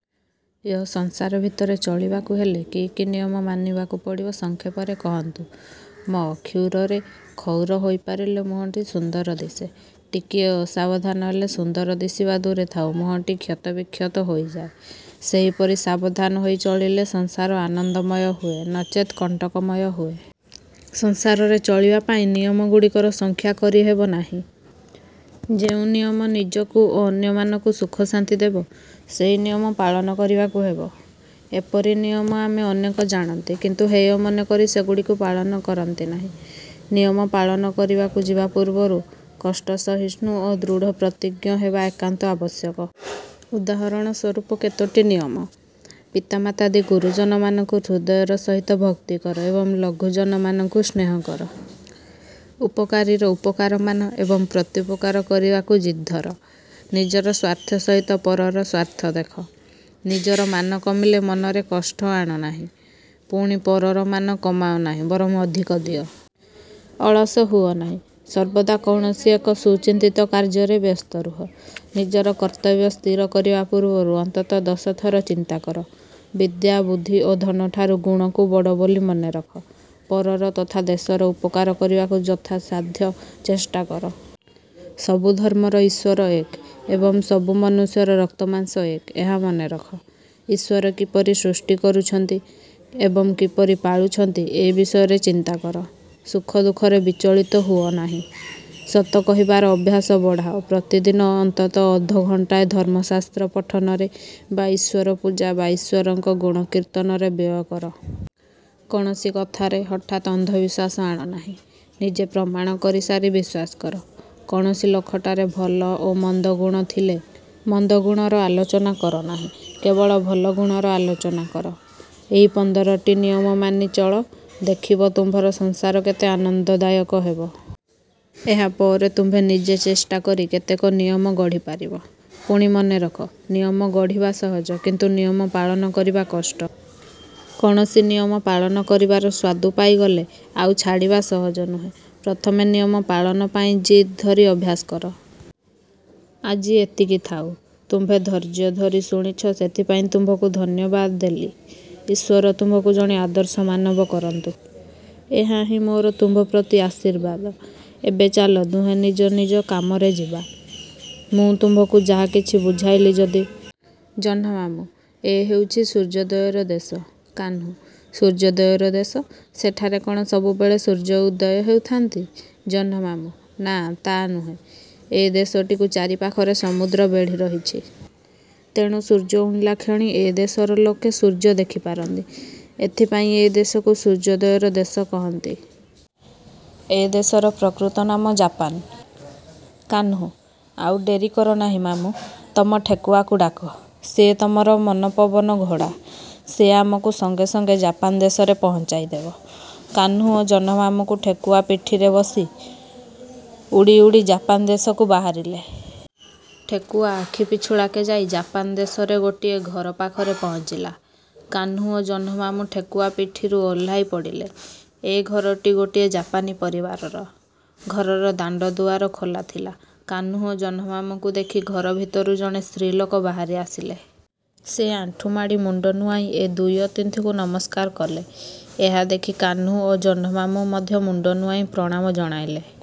ୟ-ସଂସାର ଭିତରେ ଚଳିବାକୁ ହେଲେ କି କି ନିୟମ ମାନିବାକୁ ପଡ଼ିବ, ସଂକ୍ଷେପରେ କହନ୍ତୁ। ମ-କ୍ଷୁରରେ କ୍ଷୌର ହୋଇପାରିଲେ ମୁହଁଟି ସୁନ୍ଦର ଦିଶେ। ଟିକିଏ ଅସାବଧାନ ହେଲେ ସୁନ୍ଦର ଦିଶିବା ଦୂରେ ଥାଉ ମୁହଁଟି କ୍ଷତ ବିକ୍ଷତ ହୋଇଯାଏ। ସେହିପରି ସାବଧାନ ହୋଇ ଚଳିଲେ ସଂସାର ଆନନ୍ଦମୟ ହୁଏ, ନଚେତ୍ କଣ୍ଟକମୟ ହୁଏ। ସଂସାରରେ ଚଳିବା ପାଇଁ ନିୟମଗୁଡ଼ିକର ସଂଖ୍ୟା କରି ହେବ ନାହିଁ। ଯେଉଁ ନିୟମ ନିଜକୁ ଓ ଅନ୍ୟମାନଙ୍କୁ ସୁଖଶାନ୍ତି ଦେବ ସେହି ନିୟମ ପାଳନ କରିବାକୁ ହେବ। ଏପରି ନିୟମ ଆମେ ଅନେକ ଜାଣନ୍ତି କିନ୍ତୁ ହେୟ ମନେକରି ସେଗୁଡ଼ିକ ପାଳନ କରନ୍ତି ନାହିଁ। ନିୟମ ପାଳନ କରିବାକୁ ଯିବା ପୂର୍ବରୁ କଷ୍ଟ ସହିଷ୍ଣୁ ଓ ଦୃଢ଼ ପ୍ରତିଜ୍ଞ ହେବା ଏକାନ୍ତ ଆବଶ୍ୟକ। ଉଦାହରଣ ସ୍ୱରୂପ କେତୋଟି ନିୟମ- ପିତାମାତାଦି ଗୁରୁଜନମାନଙ୍କୁ ହୃଦୟର ସହିତ ଭକ୍ତି କର ଏବଂ ଲଘୁଜନମାନଙ୍କୁ ସ୍ନେହ କର। ଉପକାରୀର ଉପକାର ମାନ ଏବଂ ପ୍ରତ୍ୟୁପକାର କରିବାକୁ ଜିଦ୍ଧର। ନିଜର ସ୍ଵାର୍ଥ ସହିତ ପରର ସ୍ଵାର୍ଥ ଦେଖ। ନିଜର ମାନ କମିଲେ ମନରେ କଷ୍ଟ ଆଣ ନାହିଁ, ପୁଣି ପରର ମାନ କମାଅ ନାହିଁ ବରଂ ଅଧିକ ଦିଅ। ଅଳସ ହୁଅ ନାହିଁ, ସର୍ବଦା କୌଣସି ଏକ ସୁଚିନ୍ତିତ କାର୍ଯ୍ୟରେ ବ୍ୟସ୍ତ ରୁହ। ନିଜର କର୍ତ୍ତବ୍ୟ ସ୍ଥିର କରିବା ପୂର୍ବରୁ ଅନ୍ତତଃ ଦଶ ଥର ଚିନ୍ତା କର। ବିଦ୍ୟା, ବୁଦ୍ଧି ଓ ଧନଠାରୁ ଗୁଣକୁ ବଡ଼ ବୋଲି ମନେରଖ। ପରର ତଥା ଦେଶର ଉପକାର କରିବାକୁ ଯଥାସାଧ୍ୟ ଚେଷ୍ଟା କର। ସବୁ ଧର୍ମର ଈଶ୍ଵର ଏକ ଏବଂ ସବୁ ମନୁଷ୍ୟର ରକ୍ତ ମାଂସ ଏକ, ଏହା ମନେରଖ। ଈଶ୍ଵର କିପରି ସୃଷ୍ଟି କରୁଛନ୍ତି ଏବଂ କିପରି ପାଳୁଛନ୍ତି ଏ ବିଷୟ ଚିନ୍ତା କର। ସୁଖ ଦୁଃଖରେ ବିଚଳିତ ହୁଅ ନାହିଁ। ସତ କହିବାର ଅଭ୍ୟାସ ବଢ଼ାଅ ପ୍ରତିଦିନ ଅନ୍ତତଃ ଅଧଘଣ୍ଟାଏ ଧର୍ମଶାସ୍ତ୍ର ପଠନରେ ବା ଈଶ୍ଵର ପୂଜା ବା ଈଶ୍ଵରଙ୍କ ଗୁଣ କୀର୍ତ୍ତନରେ ବ୍ୟୟ କର। କୌଣସି କଥାରେ ହଠାତ୍ ଅନ୍ଧବିଶ୍ଵାସ ଆଣ ନାହିଁ-। ନିଜେ ପ୍ରମାଣ କରିସାରି ବିଶ୍ଵାସ କର। କୌଣସି ଲୋକଠାରେ ଭଲ ଓ ମନ୍ଦ ଗୁଣ ଥିଲେ, ମନ୍ଦ ଗୁଣର ଆଲୋଚନା କର ନାହିଁ, କେବଳ ଭଲ ଗୁଣର ଆଲୋଚନା କର। ଏହି ପନ୍ଦରଟି ନିୟମ ମାନି ଚଳ ଦେଖିବ, ତୁମ୍ଭର ସଂସାର କେତେ ଆନ୍ଦନଦାୟକ ହେବ। ଏହାପରେ ତୁମ୍ଭେ ନିଜେ ଚେଷ୍ଟା କରି କେତେକ ନିୟମ ଗଢ଼ିପାରିବ। ପୁଣି ମନେରଖ ନିୟମ ଗଢ଼ିବା ସହଜ କିନ୍ତୁ ନିୟମ ପାଳନ କରିବା କଷ୍ଟ। କୌଣସି ନିୟମ ପାଳନ କରିବାର ସ୍ଵାଦୁ ପାଇଗଲେ ଆଉ ଛାଡ଼ିବା ସହଜ ନୁହେଁ। ପ୍ରଥମେ ନିୟମ ପାଳନ ପାଇଁ ଜିଦ୍ ଧରି ଅଭ୍ୟାସ କର। ଆଜି ଏତିକି ଥାଉ। ତୁମ୍ଭେ ଧୈର୍ଯ୍ୟ ଧରି ଶୁଣିଛ ସେଥିପାଇଁ ତୁମ୍ଭଙ୍କୁ ଧନ୍ୟବାଦ ଦେଲି। ଈଶ୍ଵର ତୁମ୍ଭଙ୍କୁ ଜଣେ ଆଦର୍ଶ ମାନବ କରନ୍ତୁ। ଏହାହିଁ ମୋର ତୁମ୍ଭ ପ୍ରତି ଆଶୀର୍ବାଦ। ଏବେ ଚାଲ, ଦୁହେଁ ନିଜ ନିଜ କାମରେ ଯିବା। ମୁଁ ତୁମ୍ଭଙ୍କୁ ଯାହା କିଛି ବୁଝାଇଲି ଯଦି। ଜହ୍ନମାମୁଁ-ଏ ହେଉଛି "ସୂର୍ଯ୍ୟୋଦୟର ଦେଶ"। କାହ୍ନୁ-ସୂର୍ଯ୍ୟୋଦୟର ଦେଶ! ସେଠାରେ କ'ଣ ସବୁବେଳେ ସୂର୍ଯ୍ୟ ଉଦୟ ହେଉଥାନ୍ତି-? ଜହ୍ନମାମୁ-ନାଁ, ତା' ନୁହେଁ। ଏ ଦେଶଟିକୁ ଚାରିପାଖରେ ସମୁଦ୍ର ବେଢ଼ି ରହିଛି। ତେଣୁ ସୂର୍ଯ୍ୟ ଉଇଁଲାକ୍ଷଣି ଏ ଦେଶର ଲୋକେ ସୂର୍ଯ୍ୟ ଦେଖିପାରନ୍ତି। ଏଥିପାଇଁ ଏ ଦେଶକୁ "ସୂର୍ଯ୍ୟୋଦୟର ଦେଶ" କହନ୍ତି। ଏ ଦେଶର ପ୍ରକୃତ ନାମ ଜାପାନ। କାହ୍ନୁ-ଆଉ ଡେରିକର ନାହିଁ ମାମୁଁ! ତମ ଠେକୁଆକୁ ଡାକ। ସେ ତମର ମନପବନ ଘୋଡ଼ା। ସେ ଆମକୁ ସାଙ୍ଗେ ସାଙ୍ଗେ ଜାପାନ ଦେଶରେ ପହଞ୍ଚାଇ ଦେବ। କାହ୍ନୁ ଓ ଜହ୍ନମାମୁଁଙ୍କୁ ଠେକୁଆ ପିଠିରେ ବସି ଉଡ଼ି ଉଡ଼ି ଜାପାନ ଦେଶକୁ ବାହାରିଲେ। ଠେକୁଆ ଆଖି ପିଛୁଳାକେ ଯାଇ ଜାପାନ ଦେଶରେ ଗୋଟାଏ ଘର ପାଖରେ ପହଞ୍ଚିଲା-। କାହ୍ନୁ ଓ ଜହ୍ନମାମୁଁ ଠେକୁଆ ପିଠିରୁ ଓହ୍ଲାଇ ପଡ଼ିଲେ। ଏ ଘରଟି ଗୋଟିଏ ଜାପାନୀ ପରିବାରର-। ଘରର ଦାଣ୍ଡଦୁଆର ଖୋଲା ଥିଲା। କାହ୍ନୁ ଓ ଜହ୍ନମାମୁଁଙ୍କୁ ଦେଖି ଘର ଭିତରୁ ଜଣେ ସ୍ତ୍ରୀଲୋକ ବାହାରି ଆସିଲେ। ସେ ଆଣ୍ଠୁମାଡ଼ି, ମୁଣ୍ଡ ନୁଆଇଁ ଏ ଦୁଇ ଅତିଥିଙ୍କୁ ନମସ୍କାର କଲେ। ଏହା ଦେଖି କାହ୍ନୁ ଓ ଜହ୍ନମାମୁଁ ମଧ୍ୟ ମୁଣ୍ଡ ନୁଆଇଁ ପ୍ରଣାମ ଜଣାଇଲେ।